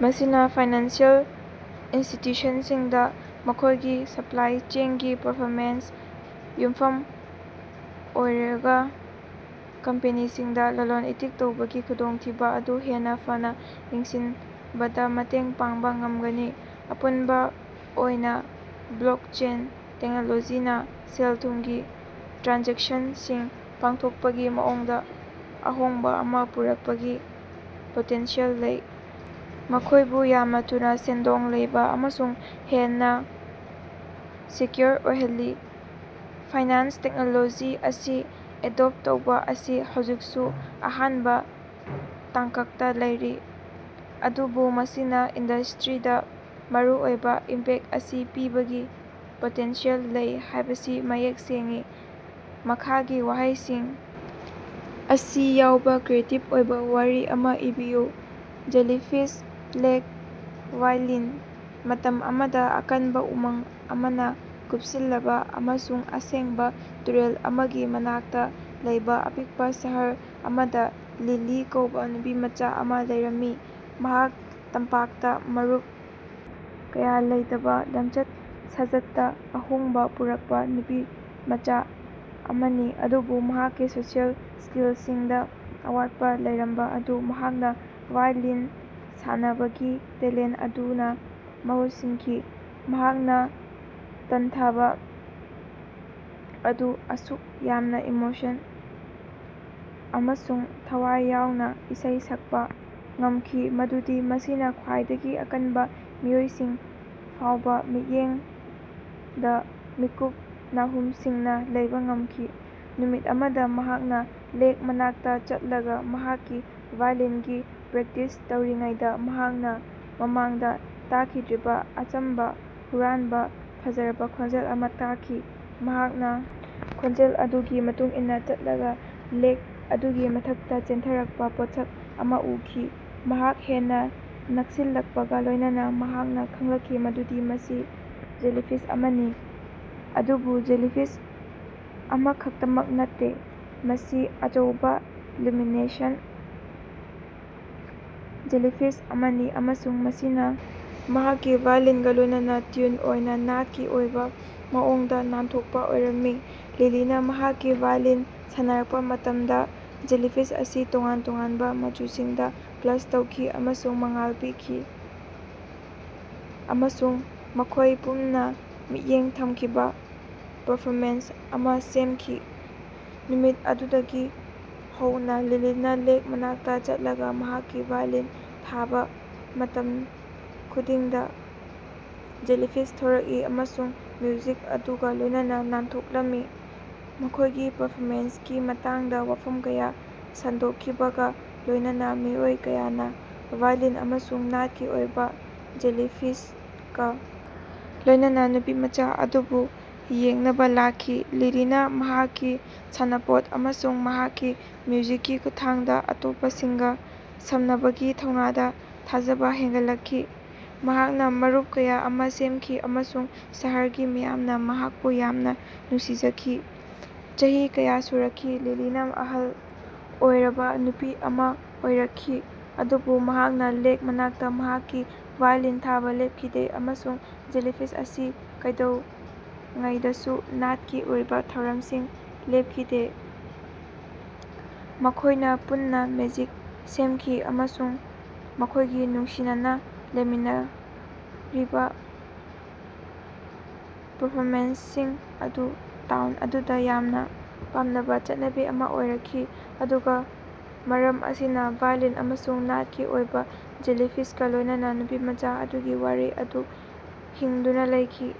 ꯃꯁꯤꯅ ꯐꯥꯏꯅꯥꯟꯁꯤꯑꯦꯜ ꯏꯟꯁꯇꯤꯇ꯭ꯌꯨꯁꯟꯁꯤꯡꯗ ꯃꯈꯣꯏꯒꯤ ꯁꯄ꯭ꯂꯥꯏ ꯆꯦꯟꯒꯤ ꯄꯔꯐꯣꯃꯦꯟꯁꯇ ꯌꯨꯝꯐꯝ ꯑꯣꯏꯔꯒ ꯀꯝꯄꯦꯅꯤꯁꯤꯡꯗ ꯂꯂꯣꯟ-ꯏꯇꯤꯛ ꯇꯧꯕꯒꯤ ꯈꯨꯗꯣꯡꯊꯤꯕ ꯑꯗꯨ ꯍꯦꯟꯅ ꯐꯅ ꯌꯦꯡꯁꯤꯟꯕꯗ ꯃꯇꯦꯡ ꯄꯥꯡꯕ ꯉꯝꯒꯅꯤ꯫ ꯑꯄꯨꯟꯕ ꯑꯣꯏꯅ ꯕ꯭ꯂꯣꯛꯆꯦꯟ ꯇꯦꯛꯅꯣꯂꯣꯖꯤꯅ ꯁꯦꯜ-ꯊꯨꯝꯒꯤ ꯇ꯭ꯔꯥꯟꯖꯦꯛꯁꯟꯁꯤꯡ ꯄꯥꯡꯊꯣꯛꯄꯒꯤ ꯃꯑꯣꯡꯗ ꯑꯍꯣꯡꯕ ꯑꯃ ꯄꯨꯔꯛꯄꯒꯤ ꯄꯣꯇꯦꯟꯁꯤꯌꯦꯜ ꯂꯩ, ꯃꯈꯣꯏꯕꯨ ꯌꯥꯝꯅ ꯊꯨꯅ, ꯁꯦꯟꯗꯣꯡ ꯂꯩꯕ ꯑꯃꯁꯨꯡ ꯍꯦꯟꯅ ꯁꯦꯀ꯭ꯌꯨꯔ ꯑꯣꯏꯍꯜꯂꯤ꯫ ꯐꯥꯏꯅꯥꯟꯁꯇ ꯇꯦꯛꯅꯣꯂꯣꯖꯤ ꯑꯁꯤ ꯑꯦꯗꯣꯞ ꯇꯧꯕ ꯑꯁꯤ ꯍꯧꯖꯤꯛꯁꯨ ꯑꯍꯥꯟꯕ ꯇꯥꯡꯀꯛꯇ ꯂꯩꯔꯤ, ꯑꯗꯨꯕꯨ ꯃꯁꯤꯅ ꯏꯟꯗꯁꯇ꯭ꯔꯤꯗ ꯃꯔꯨꯑꯣꯏꯕ ꯏꯝꯄꯦꯛ ꯑꯃ ꯄꯤꯕꯒꯤ ꯄꯣꯇꯦꯟꯁꯤꯌꯦꯜ ꯂꯩ ꯍꯥꯏꯕꯁꯤ ꯃꯌꯦꯛ ꯁꯦꯡꯏ꯫ ꯃꯈꯥꯒꯤ ꯋꯥꯍꯩꯁꯤꯡ ꯑꯁꯤ ꯌꯥꯎꯕ ꯀ꯭ꯔꯤꯌꯦꯇꯤꯕ ꯑꯣꯏꯕ ꯋꯥꯔꯤ ꯑꯃ ꯏꯕꯤꯌꯨ: ꯖꯦꯂꯤꯐꯤꯁ, ꯂꯦꯛ, ꯋꯥꯏꯂꯤꯟ꯫ ꯃꯇꯝ ꯑꯃꯗ, ꯑꯀꯟꯕ ꯎꯃꯪ ꯑꯃꯅ ꯀꯨꯞꯁꯤꯜꯂꯕ ꯑꯃꯁꯨꯡ ꯑꯁꯦꯡꯕ ꯇꯨꯔꯦꯜ ꯑꯃꯒꯤ ꯃꯅꯥꯛꯇ ꯂꯩꯕ ꯑꯄꯤꯛꯄ ꯁꯍꯔ ꯑꯃꯗ ꯂꯤꯂꯤ ꯀꯧꯕ ꯅꯨꯄꯤꯃꯆꯥ ꯑꯃ ꯂꯩꯔꯝꯃꯤ꯫ ꯃꯍꯥꯛ ꯇꯝꯄꯥꯛꯇ ꯃꯔꯨꯞ ꯀꯌꯥ ꯂꯩꯇꯕ ꯂꯝꯆꯠ ꯁꯥꯖꯠꯇ ꯑꯍꯣꯡꯕ ꯄꯨꯔꯛꯄ ꯅꯨꯄꯤꯃꯆꯥ ꯑꯃꯅꯤ꯫ ꯑꯗꯨꯕꯨ ꯃꯍꯥꯛꯀꯤ ꯁꯣꯁꯤꯑꯦꯜ ꯁ꯭ꯀꯤꯜꯁꯤꯡꯗ ꯑꯋꯥꯠꯄ ꯂꯩꯔꯝꯕ ꯑꯗꯨ ꯃꯍꯥꯛꯅ ꯋꯥꯏꯂꯤꯟ ꯁꯥꯟꯅꯕꯒꯤ ꯇꯦꯂꯦꯟꯠ ꯑꯗꯨꯅ ꯃꯍꯨꯠ ꯁꯤꯟꯈꯤ꯫ ꯃꯍꯥꯛꯅ ꯇꯟꯊꯕ ꯑꯗꯨ ꯑꯁꯨꯛ ꯌꯥꯝꯅ ꯏꯃꯣꯁꯟ ꯑꯃꯁꯨꯡ ꯊꯋꯥꯏ ꯌꯥꯎꯅ ꯏꯁꯩ ꯁꯛꯄ ꯉꯝꯈꯤ ꯃꯗꯨꯗꯤ ꯃꯁꯤꯅ ꯈ꯭ꯋꯥꯏꯗꯒꯤ ꯑꯀꯟꯕ ꯃꯤꯑꯣꯏꯁꯤꯡ ꯐꯥꯎꯕ ꯃꯤꯠꯌꯦꯡꯗ ꯃꯤꯠꯀꯨꯞ ꯅꯥꯍꯨꯝ ꯁꯤꯡꯅ ꯂꯩꯕ ꯉꯝꯈꯤ꯫ ꯅꯨꯃꯤꯠ ꯑꯃꯗ ꯃꯍꯥꯛꯅ ꯂꯦꯛ ꯃꯅꯥꯛꯇ ꯆꯠꯂꯒ, ꯃꯍꯥꯛꯀꯤ ꯋꯥꯏꯂꯤꯟꯒꯤ ꯄ꯭ꯔꯦꯛꯇꯤꯁ ꯇꯧꯔꯤꯉꯩꯗ, ꯃꯍꯥꯛꯅ ꯃꯃꯥꯡꯗ ꯇꯥꯈꯤꯗ꯭ꯔꯤꯕ ꯑꯆꯝꯕ, ꯍꯨꯔꯥꯟꯕ ꯐꯖꯔꯕ ꯈꯣꯟꯖꯦꯜ ꯑꯃ ꯇꯥꯈꯤ꯫ ꯃꯍꯥꯛꯅ ꯈꯣꯟꯖꯦꯜ ꯑꯗꯨꯒꯤ ꯃꯇꯨꯡ ꯏꯟꯅ ꯆꯠꯂꯒ ꯂꯦꯛ ꯑꯗꯨꯒꯤ ꯃꯊꯛꯇ ꯆꯦꯟꯊꯔꯛꯄ ꯄꯣꯠꯁꯛ ꯑꯃ ꯎꯈꯤ꯫ ꯃꯍꯥꯛ ꯍꯦꯟꯅ ꯅꯛꯁꯤꯜꯂꯛꯄꯒ ꯂꯣꯏꯅꯅ ꯃꯍꯥꯛꯅ ꯈꯪꯂꯛꯈꯤ ꯃꯗꯨꯗꯤ ꯃꯁꯤ ꯖꯦꯂꯤꯐꯤꯁ ꯑꯃꯅꯤ, ꯑꯗꯨꯕꯨ ꯖꯦꯂꯤꯐꯤꯁ ꯑꯃꯈꯛꯇꯃꯛ ꯅꯠꯇꯦ꯫ ꯃꯁꯤ ꯑꯆꯧꯕ, ꯂꯨꯃꯤꯅꯦꯁꯦꯟꯠ ꯖꯦꯂꯤꯐꯤꯁ ꯑꯃꯅꯤ, ꯑꯃꯁꯨꯡ ꯃꯁꯤꯅ ꯃꯍꯥꯛꯀꯤ ꯋꯥꯏꯂꯤꯟꯒ ꯂꯣꯏꯅꯅ ꯇ꯭ꯌꯨꯟ ꯑꯣꯏꯅ ꯅꯥꯠꯀꯤ ꯑꯣꯏꯕ ꯃꯑꯣꯡꯗ ꯅꯥꯟꯊꯣꯛꯄ ꯑꯣꯏꯔꯝꯃꯤ꯫ ꯂꯤꯂꯤꯅ ꯃꯍꯥꯛꯀꯤ ꯋꯥꯏꯂꯤꯟ ꯁꯥꯟꯅꯔꯛꯄ ꯃꯇꯃꯗ ꯖꯦꯂꯤꯐꯤꯁ ꯑꯁꯤ ꯇꯣꯉꯥꯟ ꯇꯣꯉꯥꯟꯕ ꯃꯆꯨꯁꯤꯡꯗ ꯄ꯭ꯂꯁ ꯇꯧꯈꯤ ꯑꯃꯁꯨꯡ ꯃꯉꯥꯜ ꯄꯤꯈꯤ, ꯑꯃꯁꯨꯡ ꯃꯈꯣꯌ ꯄꯨꯟꯅꯥ ꯃꯤꯠꯌꯦꯡ ꯊꯝꯈꯤꯕ ꯄꯔꯐꯣꯃꯦꯟꯁ ꯑꯃ ꯁꯦꯝꯈꯤ꯫ ꯅꯨꯃꯤꯠ ꯑꯗꯨꯗꯒꯤ ꯍꯧꯅ ꯂꯤꯂꯤꯅ ꯂꯦꯛ ꯃꯅꯥꯛꯇ ꯆꯠꯂꯒ ꯃꯍꯥꯛꯀꯤ ꯋꯥꯏꯂꯤꯟ ꯊꯥꯕ ꯃꯇꯝ ꯈꯨꯗꯤꯡꯗ ꯖꯦꯂꯤꯐꯤꯁ ꯊꯣꯔꯛꯏ ꯑꯃꯁꯨꯡ ꯃ꯭ꯌꯨꯖꯤꯛ ꯑꯗꯨꯒ ꯂꯣꯏꯅꯅ ꯅꯥꯟꯊꯣꯛꯂꯝꯃꯤ꯫ ꯃꯈꯣꯏꯒꯤ ꯄꯔꯐꯣꯃꯦꯟꯁꯀꯤ ꯃꯇꯥꯡꯗ ꯋꯥꯐꯝ ꯀꯌꯥ ꯁꯟꯗꯣꯛꯈꯤꯕꯒ ꯂꯣꯏꯅꯅ ꯃꯤꯑꯣꯏ ꯀꯌꯥꯅ ꯋꯥꯏꯂꯤꯟ ꯑꯃꯁꯨꯡ ꯅꯥꯠꯀꯤ ꯑꯣꯏꯕ ꯖꯦꯂꯤꯐꯤꯁꯀ ꯂꯣꯏꯅꯅ ꯅꯨꯄꯤꯃꯆꯥ ꯑꯗꯨꯕꯨ ꯌꯦꯡꯅꯕ ꯂꯥꯛꯈꯤ꯫ ꯂꯤꯂꯤꯅ ꯃꯍꯥꯛꯀꯤ ꯁꯥꯟꯅꯄꯣꯠ ꯑꯃꯁꯨꯡ ꯃꯍꯥꯛꯀꯤ ꯃ꯭ꯌꯨꯖꯤꯛꯀꯤ ꯈꯨꯠꯊꯥꯡꯗ ꯑꯇꯣꯞꯄꯁꯤꯡꯒ ꯁꯝꯅꯕꯒꯤ ꯊꯧꯅꯥꯗ ꯊꯥꯖꯕ ꯍꯦꯟꯒꯠꯂꯛꯈꯤ꯫ ꯃꯍꯥꯛꯅ ꯃꯔꯨꯞ ꯀꯌꯥ ꯑꯃ ꯁꯦꯝꯈꯤ, ꯑꯃꯁꯨꯡ ꯁꯍꯔꯒꯤ ꯃꯤꯌꯥꯝꯅ ꯃꯍꯥꯛꯄꯨ ꯌꯥꯝꯅ ꯅꯨꯡꯁꯤꯖꯈꯤ꯫ ꯆꯍꯤ ꯀꯌꯥ ꯁꯨꯔꯛꯈꯤ, ꯂꯤꯂꯤꯅ ꯑꯍꯜ ꯑꯣꯏꯔꯕ ꯅꯨꯄꯤ ꯑꯃ ꯑꯣꯏꯔꯛꯈꯤ, ꯑꯗꯨꯕꯨ ꯃꯍꯥꯛꯅ ꯂꯦꯛ ꯃꯅꯥꯛꯇ ꯃꯍꯥꯛꯀꯤ ꯋꯥꯏꯂꯤꯟ ꯊꯥꯕ ꯂꯦꯞꯈꯤꯗꯦ꯫ ꯑꯃꯁꯨꯡ ꯖꯦꯂꯤꯐꯤꯁ ꯑꯁꯤ ꯀꯩꯗꯧꯉꯩꯗꯁꯨ ꯅꯥꯠꯀꯤ ꯑꯣꯏꯕ ꯊꯧꯔꯝꯁꯤꯡ ꯂꯦꯞꯈꯤꯗꯦ꯫ ꯃꯈꯣꯏꯅ ꯄꯨꯟꯅ ꯃꯦꯖꯤꯛ ꯁꯦꯝꯈꯤ, ꯑꯃꯁꯨꯡ ꯃꯈꯣꯏꯒꯤ ꯅꯨꯡꯁꯤꯅꯅ ꯂꯩꯃꯤꯟꯅꯔꯤꯕ ꯄꯔꯐꯣꯃꯦꯟꯁꯁꯤꯡ ꯑꯗꯨ ꯇꯥꯎꯟ ꯑꯗꯨꯗ ꯌꯥꯝꯅ ꯄꯥꯝꯅꯕ ꯆꯠꯅꯕꯤ ꯑꯃ ꯑꯣꯏꯔꯛꯈꯤ꯫ ꯑꯗꯨꯒ ꯃꯔꯝ ꯑꯁꯤꯅ, ꯋꯥꯏꯂꯤꯟ ꯑꯃꯁꯨꯡ ꯅꯥꯠꯀꯤ ꯑꯣꯏꯕ ꯖꯦꯂꯤꯐꯤꯁꯀ ꯂꯣꯏꯅꯅ ꯅꯨꯄꯤꯃꯆꯥ ꯑꯗꯨꯒꯤ ꯋꯥꯔꯤ ꯑꯗꯨ ꯍꯤꯡꯗꯨꯅ ꯂꯩꯈꯤ꯫